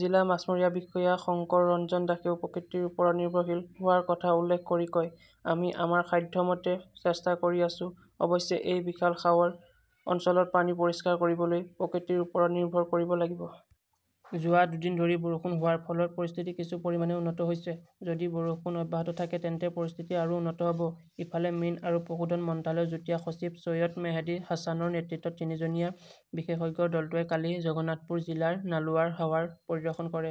জিলা মাছমৰীয়া বিষয়া শংকৰ ৰঞ্জন দাসেও প্ৰকৃতিৰ ওপৰত নিৰ্ভৰশীল হোৱাৰ কথা উল্লেখ কৰি কয়, আমি আমাৰ সাধ্যমতে চেষ্টা কৰি আছো। অৱশ্যে, এই বিশাল হাৱৰ অঞ্চলত পানী পৰিষ্কাৰ কৰিবলৈ প্ৰকৃতিৰ ওপৰত নিৰ্ভৰ কৰিব লাগিব। যোৱা দুদিন ধৰি বৰষুণ হোৱাৰ ফলত পৰিস্থিতি কিছু পৰিমাণে উন্নত হৈছে। যদি বৰষুণ অব্যাহত থাকে তেন্তে পৰিস্থিতি আৰু উন্নত হ'ব। ইফালে, মীন আৰু পশুধন মন্ত্ৰালয়ৰ যুটীয়া সচিব চৈয়দ মেহেদী হাছানৰ নেতৃত্বত তিনিজনীয়া বিশেষজ্ঞৰ দলটোৱে কালি জগন্নাথপুৰ জিলাৰ নালুৱাৰ হাৱাৰ পৰিদৰ্শন কৰে।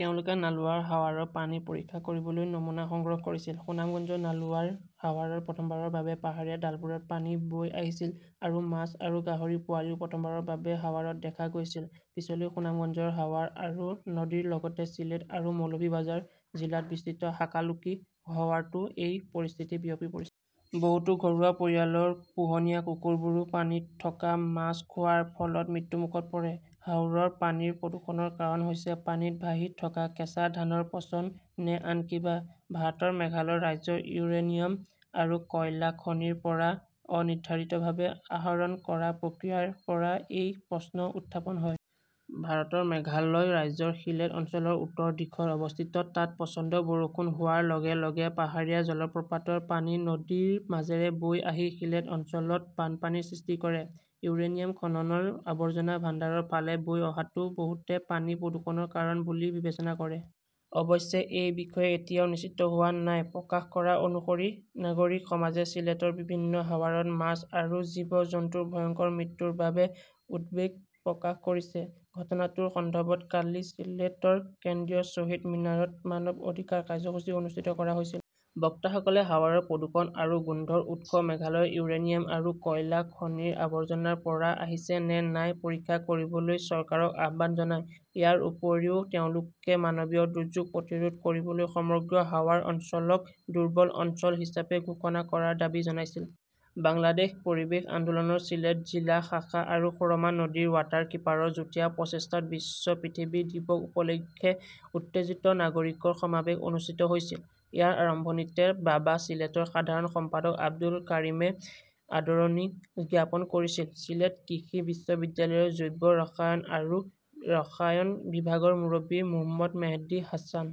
তেওঁলোকে নালুৱাৰ হাৱাৰৰ পানী পৰীক্ষা কৰিবলৈ নমুনা সংগ্ৰহ কৰিছিল। সুনামগঞ্জৰ নালুৱাৰ হাৱাৰত প্ৰথমবাৰৰ বাবে পাহাৰীয়া ঢালবোৰত পানী বৈ আহিছিল আৰু মাছ আৰু গাহৰিৰ পোৱালিও প্ৰথমবাৰৰ বাবে হাৱাৰত দেখা গৈছিল। পিছলৈ সুনামগঞ্জৰ হাৱাৰ আৰু নদীৰ লগতে চিলেট আৰু মৌলভিবাজাৰ জিলাত বিস্তৃত হাকালুকি হাৱাৰতো এই পৰিস্থিতি বিয়পি পৰিছিল। বহুতো ঘৰুৱা পৰিয়ালৰ পোহনীয়া কুকুৰবোৰো পানীত থকা মাছ খোৱাৰ ফলত মৃত্যুমুখত পৰে। হাওৰৰ পানীৰ প্ৰদূষণৰ কাৰণ হৈছে পানীত ভাহি থোৱা কেঁচা ধানৰ পচন, নে আন কিবা? ভাৰতৰ মেঘালয় ৰাজ্যৰ ইউৰেনিয়াম আৰু কয়লা খনিৰ পৰা অনিৰ্ধাৰিতভাৱে আহৰণ কৰা প্ৰক্ৰিয়াৰ পৰা এই প্ৰশ্ন উত্থাপন হয়। ভাৰতৰ মেঘালয় ৰাজ্যৰ সিলেট অঞ্চলৰ উত্তৰ দিশত অৱস্থিত। তাত প্ৰচণ্ড বৰষুণ হোৱাৰ লগে লগে পাহাৰীয়া জলপ্ৰপাতৰ পানী নদীৰ মাজেৰে বৈ আহি সিলেট অঞ্চলত বানপানীৰ সৃষ্টি কৰে। ইউৰেনিয়াম খননৰ আৱৰ্জনা ভাণ্ডাৰৰ ফালে বৈ অহাটো বহুতে পানী প্ৰদূষণৰ কাৰণ বুলি বিবেচনা কৰে। অৱশ্যে, এই বিষয়ে এতিয়াও নিশ্চিত হোৱা নাই। প্ৰকাশ কৰা অনুসৰি, নাগৰিক সমাজে ছিলেটৰ বিভিন্ন হাৱাৰত মাছ আৰু জীৱ-জন্তুৰ ভয়ংকৰ মৃত্যুৰ বাবে উদ্বেগ প্ৰকাশ কৰিছে। ঘটনাটোৰ সন্দৰ্ভত কালি চিলেটৰ কেন্দ্ৰীয় শ্বহীদ মিনাৰত মানৱ অধিকাৰ কাৰ্যসূচী অনুষ্ঠিত কৰা হৈছিল। বক্তাসকলে হাৱাৰত প্ৰদূষণ আৰু গোন্ধৰ উৎস মেঘালয়ৰ ইউৰেনিয়াম আৰু কয়লা খনিৰ আৱৰ্জনাৰ পৰা আহিছে নে নাই পৰীক্ষা কৰিবলৈ চৰকাৰক আহ্বান জনায়। ইয়াৰ উপৰিও তেওঁলোকে মানৱীয় দুৰ্যোগ প্ৰতিৰোধ কৰিবলৈ সমগ্ৰ হাৱাৰ অঞ্চলক দুৰ্বল অঞ্চল হিচাপে ঘোষণা কৰাৰ দাবী জনাইছিল। বাংলাদেশ পৰিৱেশ আন্দোলনৰ চিলেট জিলা শাখা আৰু সুৰমা নদীৰ ৱাটাৰকীপাৰৰ যুটীয়া প্ৰচেষ্টাত বিশ্ব পৃথিৱী দিৱস উপলক্ষে উত্তেজিত নাগৰিকৰ সমাৱেশ অনুষ্ঠিত হৈছিল। ইয়াৰ আৰম্ভণিতে বাবা চিলেটৰ সাধাৰণ সম্পাদক আব্দুল কাৰিমে আদৰণি জ্ঞাপন কৰিছিল। ছিলেট কৃষি বিশ্ববিদ্যালয়ৰ জৈৱ ৰসায়ন আৰু ৰসায়ন বিভাগৰ মুৰব্বী মোহম্মদ মেহদী হাছান।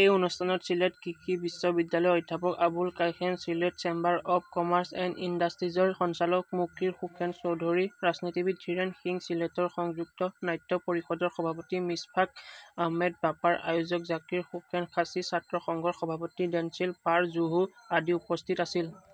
এই অনুষ্ঠানত ছিলেট কৃষি বিশ্ববিদ্যালয়ৰ অধ্যাপক Abul Kashem, Sylhet chamber of commerce and ইণ্ডাষ্ট্ৰীজৰ সঞ্চালক মুকিৰ হোসেন চৌধুৰী, ৰাজনীতিবিদ ধীৰেন সিং, ছিলেটৰ সংযুক্ত নাট্য পৰিষদৰ সভাপতি মিছফাক আহমেদ, বাপাৰ আয়োজক জাকিৰ হোসেন, খাচী ছাত্ৰ সংঘৰ সভাপতি ডেঞ্চিল পাৰ-জোহু আদি উপস্থিত আছিল।